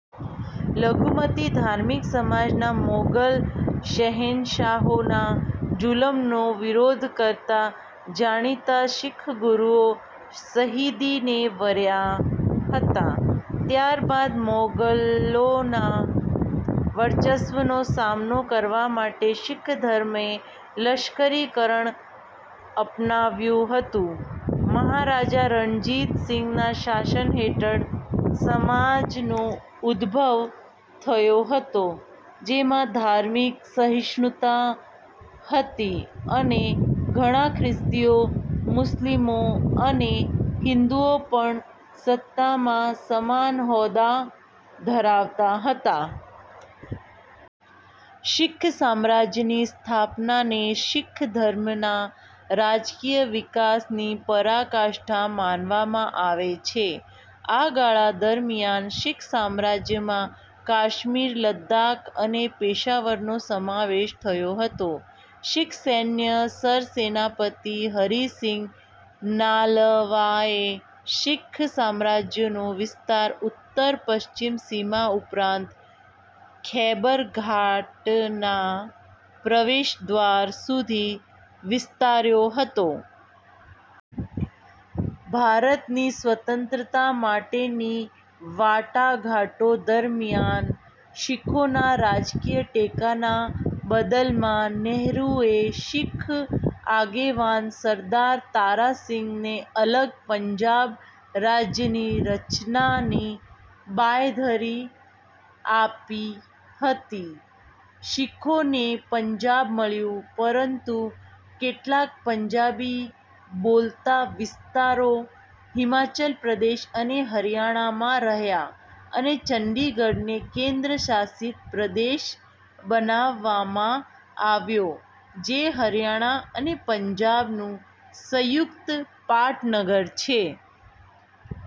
લઘુમતી ધાર્મિક સમાજના મોગલ શહેનશાહોના જુલમનો વિરોધ કરતા જાણીતા શીખ ગુરૂઓ શહીદીને વર્યાં હતા. ત્યારબાદ મોગલોના વર્ચસ્વનો સામનો કરવા માટે શીખ ધર્મએ લશ્કરીકરણ અપનાવ્યું હતું. મહારાજા રણજિત સિંઘના શાસન હેઠળ શીખ સામ્રાજ્યનો ઉદભવ થયો હતો, જેમાં ધાર્મિક સહિષ્ણુતા હતી અને ઘણાં ખ્રિસ્તીઓ, મુસ્લિમો અને હિંદુઓ પણ સત્તામાં સમાન હોદ્દા ધરાવતા હતા. શીખ સામ્રાજ્યની સ્થાપનાને શીખ ધર્મના રાજકીય વિકાસની પરાકાષ્ટા માનવામાં આવે છે. આ ગાળા દરમિયાન શીખ સામ્રાજ્યમાં કાશ્મીર, લદાખ અને પેશાવરનો સમાવેશ થતો હતો. શીખ સૈન્યના સરસેનાપતિ હરિ સિંઘ નાલવાએ શીખ સામ્રાજ્યનો વિસ્તાર ઉત્તર-પશ્ચિમ સીમા ઉપરાંત, ખૈબર ઘાટના પ્રવેશદ્વાર સુધી વિસ્તાર્યો હતો. ભારતની સ્વતંત્રતા માટેની વાટાઘાટો દરમિયાન શીખોના રાજકીય ટેકાના બદલામાં નેહરૂએ શીખ આગેવાન સરદાર તારા સિંઘને અલગ પંજાબ રાજ્યની રચનાની બાંયધરી આપી હતી. શીખોને પંજાબ મળ્યું, પરંતુ કેટલાક પંજાબી બોલતા વિસ્તારો હિમાચલ પ્રદેશ અને હરિયાણામાં રહ્યાં અને ચંદીગઢને કેન્દ્રશાસિત પ્રદેશ બનાવવામાં આવ્યો જે હરિયાણા અને પંજાબનું સંયુક્ત પાટનગર છે.